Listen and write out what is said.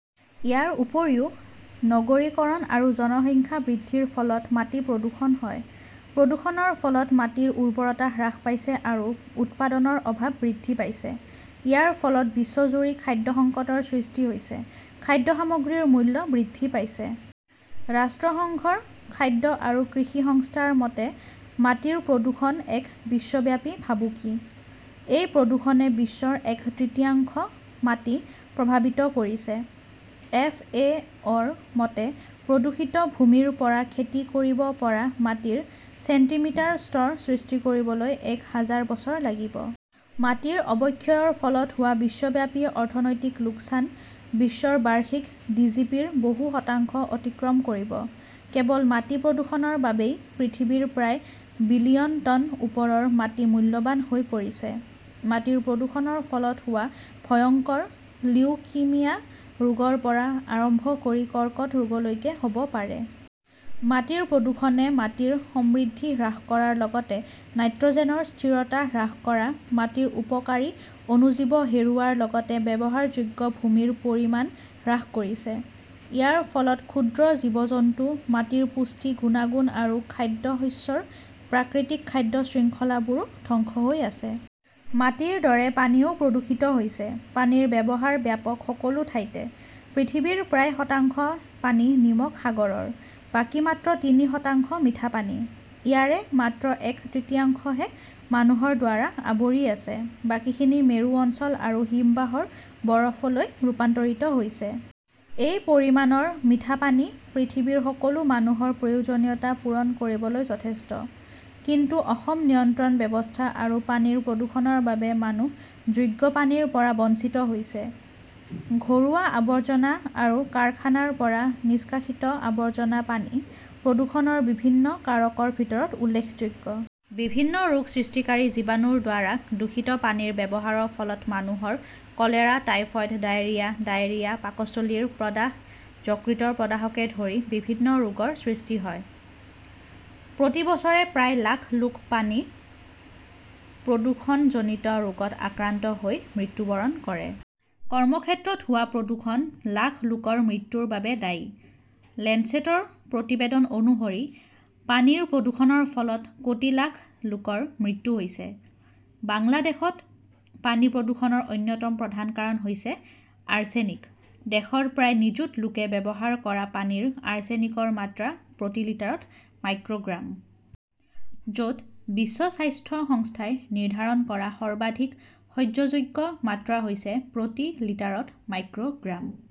ইয়াৰ উপৰিও নগৰীকৰণ আৰু জনসংখ্যা বৃদ্ধিৰ ফলত মাটি প্ৰদূষণ হয়। প্ৰদূষণৰ ফলত মাটিৰ উৰ্বৰতা হ্ৰাস পাইছে আৰু উৎপাদনৰ অভাৱ বৃদ্ধি পাইছে। ইয়াৰ ফলত বিশ্বজুৰি খাদ্য সংকটৰ সৃষ্টি হৈছে। খাদ্য সামগ্ৰীৰ মূল্য বৃদ্ধি পাইছে। ৰাষ্ট্ৰসংঘৰ খাদ্য আৰু কৃষি সংস্থাৰ মতে, মাটিৰ প্ৰদূষণ এক বিশ্বব্যাপী ভাবুকি। এই প্ৰদূষণে বিশ্বৰ এক তৃতীয়াংশ মাটি প্ৰভাৱিত কৰিছে। এফ. এ. অ '. -ৰ মতে, প্ৰদূষিত ভূমিৰ পৰা খেতি কৰিব পৰা মাটিৰ ছেণ্টিমিটাৰ স্তৰ সৃষ্টি কৰিবলৈ এক হাজাৰ বছৰ লাগিব। মাটিৰ অৱক্ষয়ৰ ফলত হোৱা বিশ্বব্যাপী অৰ্থনৈতিক লোকচান বিশ্বৰ বাৰ্ষিক জিডিপিৰ বহু শতাংশ অতিক্ৰম কৰিব। কেৱল মাটি প্ৰদূষণৰ বাবেই পৃথিৱীৰ প্ৰায় বিলিয়ন টন ওপৰৰ মাটি মূল্যৱান হৈ পৰিছে। মাটিৰ প্ৰদূষণৰ ফলত হোৱা ভয়ংকৰ লিউকিমিয়া ৰোগৰ পৰা আৰম্ভ কৰি কৰ্কট ৰোগলৈকে হব পাৰে। মাটিৰ প্ৰদূষণে মাটিৰ সমৃদ্ধি হ্ৰাস কৰাৰ লগতে নাইট্ৰজেনৰ স্থিৰতা হ্ৰাস কৰা, মাটিৰ উপকাৰী অণুজীৱ হেৰুওৱাৰ লগতে ব্যৱহাৰযোগ্য ভূমিৰ পৰিমাণ হ্ৰাস কৰিছে। ইয়াৰ ফলত ক্ষুদ্ৰ জীৱ-জন্তু, মাটিৰ পুষ্টি গুণাগুণ আৰু খাদ্যশস্যৰ প্ৰাকৃতিক খাদ্য শৃংখলাবোৰো ধ্বংস হৈ আছে। মাটিৰ দৰে পানীও প্ৰদূষিত হৈছে। পানীৰ ব্যৱহাৰ ব্যাপক সকলো ঠাইতে। পৃথিৱীৰ প্ৰায় শতাংশ পানী নিমখ সাগৰৰ। বাকী মাত্ৰ তিনি শতাংশ মিঠা পানী। ইয়াৰে মাত্ৰ এক তৃতীয়াংশহে মানুহৰ দ্বাৰা আৱৰি আছে, বাকীখিনি মেৰু অঞ্চল আৰু হিমবাহৰ বৰফলৈ ৰূপান্তৰিত হৈছে। এই পৰিমাণৰ মিঠা পানী পৃথিৱীৰ সকলো মানুহৰ প্ৰয়োজনীয়তা পূৰণ কৰিবলৈ যথেষ্ট। কিন্তু অসম নিয়ন্ত্ৰণ ব্যৱস্থা আৰু পানীৰ প্ৰদূষণৰ বাবে মানুহে যোগ্য পানীৰ পৰা বঞ্চিত হৈছে। ঘৰুৱা আৱৰ্জনা আৰু কাৰখানাৰ পৰা নিষ্কাশিত আৱৰ্জনা পানী প্ৰদূষণৰ বিভিন্ন কাৰকৰ ভিতৰত উল্লেখযোগ্য। বিভিন্ন ৰোগ সৃষ্টিকাৰী জীৱাণুৰ দ্বাৰা দূষিত পানীৰ ব্যৱহাৰৰ ফলত মানুহৰ কলেৰা, টাইফয়েড, ডায়েৰিয়া, ডায়েৰিয়া, পাকস্থলীৰ প্ৰদাহ, যকৃতৰ প্ৰদাহকে ধৰি বিভিন্ন ৰোগৰ সৃষ্টি হয়। প্ৰতি বছৰে প্ৰায় লাখ লোক পানী প্ৰদূষণজনিত ৰোগত আক্ৰান্ত হৈ মৃত্যুবৰণ কৰে। কৰ্মক্ষেত্ৰত হোৱা প্ৰদূষণ লাখ লোকৰ মৃত্যুৰ বাবে দায়ী। লেঞ্চেটৰ প্ৰতিবেদন অনুসৰি, পানীৰ প্ৰদূষণৰ ফলত কোটি লাখ লোকৰ মৃত্যু হৈছে। বাংলাদেশত পানী প্ৰদূষণৰ অন্যতম প্ৰধান কাৰণ হৈছে আৰ্ছেনিক। দেশৰ প্ৰায় নিযুত লোকে ব্যৱহাৰ কৰা পানীৰ আৰ্ছেনিকৰ মাত্ৰা প্ৰতি লিটাৰত মাইক্ৰ গ্ৰাম। য 'ত বিশ্ব স্বাস্থ্য সংস্থাই নিৰ্ধাৰণ কৰা সৰ্বাধিক সহ্যযোগ্য মাত্ৰা হৈছে প্ৰতি লিটাৰত মাইক্ৰ' গ্ৰাম।